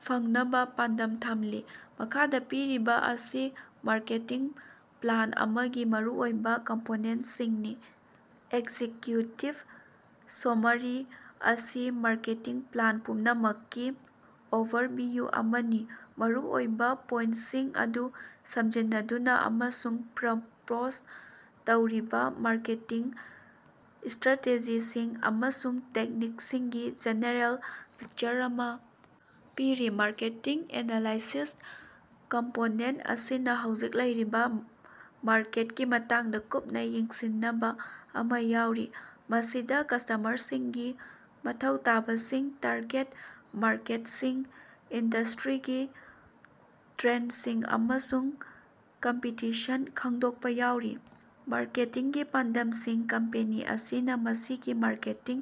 ꯐꯪꯅꯕ ꯄꯥꯟꯗꯝ ꯊꯝꯂꯤ꯫ ꯃꯈꯥꯗꯥ ꯄꯤꯔꯤꯕ ꯑꯁꯤ ꯃꯥꯔꯀꯦꯇꯤꯡ ꯄ꯭ꯂꯥꯟ ꯑꯃꯒꯤ ꯃꯔꯨꯑꯣꯏꯕ ꯀꯝꯄꯣꯅꯦꯟꯇꯁꯤꯡꯅꯤ ꯑꯦꯛꯖꯤꯛꯌꯨꯇꯤꯚ ꯁꯣꯃꯥꯔꯤ ꯃꯁꯤ ꯃꯥꯔꯀꯦꯇꯤꯡ ꯄ꯭ꯂꯥꯟ ꯄꯨꯝꯅꯃꯛꯀꯤ ꯑꯣꯚꯔꯚꯤꯌꯨ ꯑꯃꯅꯤ, ꯃꯔꯨꯑꯣꯏꯕ ꯄꯣꯏꯟꯇꯁꯤꯡ ꯑꯗꯨ ꯁꯝꯖꯤꯟꯅꯗꯨꯅ ꯑꯃꯁꯨꯡ ꯄ꯭ꯔꯄꯣꯖ ꯇꯧꯔꯤꯕ ꯃꯥꯔꯀꯦꯇꯤꯡ ꯁ꯭ꯠꯔꯥꯇꯦꯖꯤꯁꯤꯡ ꯑꯃꯁꯨꯡ ꯇꯦꯛꯅꯤꯛꯁꯤꯡꯒꯤ ꯖꯦꯅꯦꯔꯦꯜ ꯄꯤꯛꯆꯔ ꯑꯃꯥ ꯄꯤꯔꯤ꯫ ꯃꯥꯔꯀꯦꯠ ꯑꯦꯅꯥꯂꯥꯏꯁꯤꯁ ꯀꯝꯄꯣꯅꯦꯟꯇ ꯑꯁꯤꯅꯥ ꯍꯧꯖꯤꯛ ꯂꯩꯔꯤꯕ ꯃꯥꯔꯀꯦꯠꯀꯤ ꯃꯇꯥꯡꯗ ꯀꯨꯞꯅꯥ ꯌꯦꯡꯁꯤꯟꯅꯕ ꯑꯃꯥ ꯌꯥꯎꯔꯤ, ꯃꯁꯤꯗꯥ ꯀꯁ꯭ꯇꯃꯔꯁꯤꯡꯒꯤ ꯃꯊꯧ ꯇꯥꯕꯁꯤꯡ, ꯇꯥꯔꯒꯦꯠ ꯃꯥꯔꯀꯦꯠꯁꯤꯡ, ꯏꯟꯗꯁ꯭ꯠꯔꯤꯒꯤ ꯇ꯭ꯔꯦꯟꯗꯁꯤꯡ, ꯑꯃꯁꯨꯡ ꯀꯝꯄꯤꯇꯤꯁꯟ ꯈꯪꯗꯣꯛꯄꯥ ꯌꯥꯎꯔꯤ꯫ ꯃꯥꯔꯀꯦꯇꯤꯡꯒꯤ ꯄꯥꯟꯗꯝꯁꯤꯡ ꯀꯝꯄꯦꯅꯤ ꯑꯁꯤꯅꯥ ꯃꯁꯤꯒꯤ ꯃꯥꯔꯀꯦꯇꯤꯡ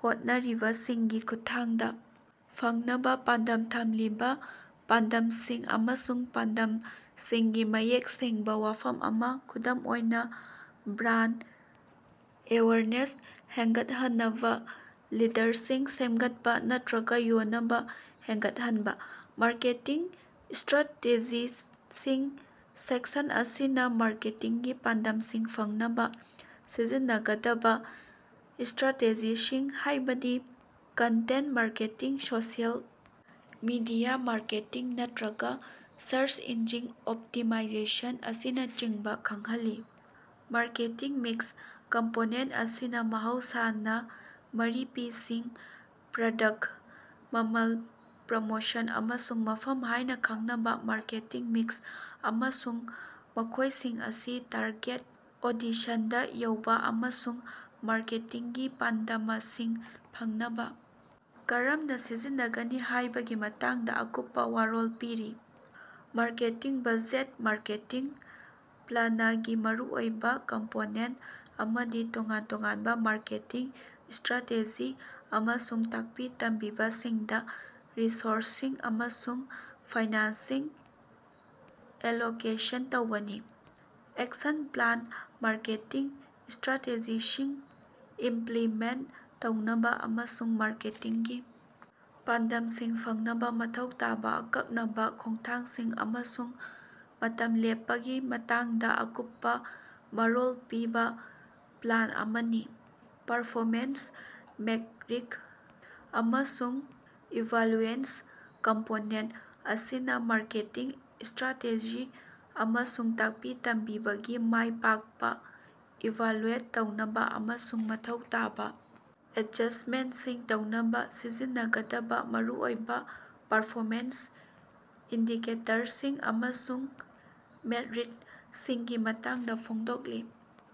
ꯍꯣꯠꯅꯔꯤꯕꯁꯤꯡꯒꯤ ꯈꯨꯠꯊꯥꯡꯗꯥ ꯐꯪꯅꯕꯥ ꯄꯥꯟꯗꯝ ꯊꯝꯂꯤꯕꯥ ꯄꯥꯟꯗꯝꯁꯤꯡ ꯑꯃꯁꯨꯡ ꯄꯥꯟꯗꯝꯁꯤꯡꯒꯤ ꯃꯌꯦꯛ ꯁꯦꯡꯕꯥ ꯋꯥꯐꯝ ꯑꯃꯥ, ꯈꯨꯗꯝ ꯑꯣꯏꯅꯥ ꯕ꯭ꯔꯥꯟꯗ ꯑꯦꯋꯦꯌꯔꯅꯦꯁ ꯍꯦꯟꯒꯠꯍꯅꯕꯥ, ꯂꯤꯗꯔꯁꯤꯡ ꯁꯦꯝꯒꯠꯄꯥ, ꯅꯠꯇ꯭ꯔꯒꯥ ꯌꯣꯟꯅꯕꯥ ꯍꯦꯟꯒꯠꯍꯟꯕꯥ꯫ ꯃꯥꯔꯀꯦꯇꯤꯡ ꯁ꯭ꯠꯔꯥꯇꯦꯖꯤꯁꯤꯡ ꯁꯦꯛꯁꯟ ꯑꯁꯤꯅꯥ ꯃꯥꯔꯀꯦꯇꯤꯡꯒꯤ ꯄꯥꯟꯗꯝꯁꯤꯡ ꯐꯪꯅꯕ ꯁꯤꯖꯤꯟꯅꯒꯗꯕꯥ ꯁ꯭ꯠꯔꯥꯇꯦꯖꯤꯁꯤꯡ, ꯍꯥꯏꯕꯗꯤ content marketing, social media marketing, ꯅꯠꯇ꯭ꯔꯒꯥ ꯁꯔꯆ ꯏꯟꯖꯤꯟ ꯑꯣꯞꯇꯤꯃꯥꯏꯖꯦꯁꯟ ꯑꯁꯤꯅꯆꯤꯡꯕꯥ ꯈꯪꯍꯜꯂꯤ꯫ ꯃꯥꯔꯀꯦꯇꯤꯡ ꯃꯤꯛꯁ ꯀꯝꯄꯣꯅꯦꯟꯇ ꯑꯁꯤꯅꯥ ꯃꯍꯧꯁꯥꯅꯥ ꯃꯔꯤꯄꯤꯁꯤꯡ ꯄ꯭ꯔꯗꯛꯇ, ꯃꯃꯜ, ꯄ꯭ꯔꯃꯣꯁꯟ, ꯑꯃꯁꯨꯡ ꯃꯐꯝ ꯍꯥꯏꯅꯥ ꯈꯪꯅꯕꯥ ꯃꯥꯔꯀꯦꯇꯤꯡ ꯃꯤꯛꯁ ꯑꯃꯁꯨꯡ ꯃꯈꯣꯏꯁꯤꯡ ꯑꯁꯤ ꯇꯥꯔꯒꯦꯠ ꯑꯣꯗꯤꯁꯟꯗꯥ ꯌꯧꯕ ꯑꯃꯁꯨꯡ ꯃꯥꯔꯀꯦꯇꯤꯡꯒꯤ ꯄꯥꯟꯗꯃꯁꯤꯡ ꯐꯪꯅꯕ ꯀꯔꯝꯅ ꯁꯤꯖꯤꯟꯅꯒꯅꯤ ꯍꯥꯏꯕꯒꯤ ꯃꯇꯥꯡꯗꯥ ꯑꯀꯨꯞꯄꯥ ꯃꯔꯣꯜ ꯄꯤꯔꯤ꯫ ꯃꯥꯔꯀꯦꯇꯤꯡ ꯕꯖꯦꯠ ꯃꯥꯔꯀꯦꯇꯤꯡ ꯄ꯭ꯂꯥꯅꯒꯤ ꯃꯔꯨꯑꯣꯏꯕ ꯀꯝꯄꯣꯅꯦꯟꯇ ꯑꯃꯗꯤ ꯇꯣꯉꯥꯟ ꯇꯣꯉꯥꯟꯕ ꯃꯥꯔꯀꯦꯇꯤꯡ ꯁ꯭ꯠꯔꯥꯇꯦꯖꯤ ꯑꯃꯁꯨꯡ ꯇꯥꯛꯄꯤ-ꯇꯝꯕꯤꯕꯁꯤꯡꯗꯥ ꯔꯤꯁꯣꯔꯁꯁꯤꯡ ꯑꯃꯁꯨꯡ ꯐꯥꯏꯅꯥꯟꯁꯁꯤꯡ ꯑꯦꯂꯣꯀꯦꯁꯟ ꯇꯧꯕꯅꯤ꯫ ꯑꯦꯛꯁꯟ ꯄ꯭ꯂꯥꯟ ꯃꯥꯔꯀꯦꯇꯤꯡ ꯁ꯭ꯠꯔꯥꯇꯦꯖꯤꯁꯤꯡ ꯏꯝꯞꯂꯤꯃꯦꯟꯇ ꯇꯧꯅꯕ ꯑꯃꯁꯨꯡ ꯃꯥꯔꯀꯦꯇꯤꯡꯒꯤ ꯄꯥꯟꯗꯝꯁꯤꯡ ꯐꯪꯅꯕ ꯃꯊꯧ ꯇꯥꯕ ꯑꯀꯛꯅꯕ ꯈꯣꯡꯊꯥꯡꯁꯤꯡ ꯑꯃꯁꯨꯡ ꯃꯇꯝ ꯂꯦꯞꯄꯒꯤ ꯃꯇꯥꯡꯗ ꯑꯀꯨꯞꯄꯥ ꯃꯔꯣꯜ ꯄꯤꯕ ꯄ꯭ꯂꯥꯟ ꯑꯃꯅꯤ꯫ ꯄꯔꯐꯣꯃꯦꯟꯁ ꯃꯦꯠꯔꯤꯛ ꯑꯃꯁꯨꯡ ꯏꯚꯥꯂꯨꯑꯦꯁꯟ ꯀꯝꯄꯣꯅꯦꯟꯇ ꯑꯁꯤꯅꯥ ꯃꯥꯔꯀꯦꯇꯤꯡ ꯁ꯭ꯠꯔꯥꯇꯦꯖꯤ ꯑꯃꯁꯨꯡ ꯇꯥꯛꯄꯤ ꯇꯝꯕꯤꯕꯒꯤ ꯃꯥꯏ ꯄꯥꯛꯄꯥ ꯏꯚꯥꯂꯨꯑꯦꯠ ꯇꯧꯅꯕ, ꯑꯃꯁꯨꯡ ꯃꯊꯧ ꯇꯥꯕ ꯑꯦꯗꯖꯁ꯭ꯇꯃꯦꯟꯠꯁꯤꯡ ꯇꯧꯅꯕ ꯁꯤꯖꯤꯟꯅꯒꯗꯕ ꯃꯔꯨꯑꯣꯏꯕ ꯄꯔꯐꯣꯃꯦꯟꯁ ꯏꯟꯗꯤꯀꯦꯇꯔꯁꯤꯡ ꯑꯃꯁꯨꯡ ꯃꯦꯠꯔꯤꯛꯁꯤꯡꯒꯤ ꯃꯇꯥꯡꯗ ꯐꯣꯡꯗꯣꯛꯂꯤ꯫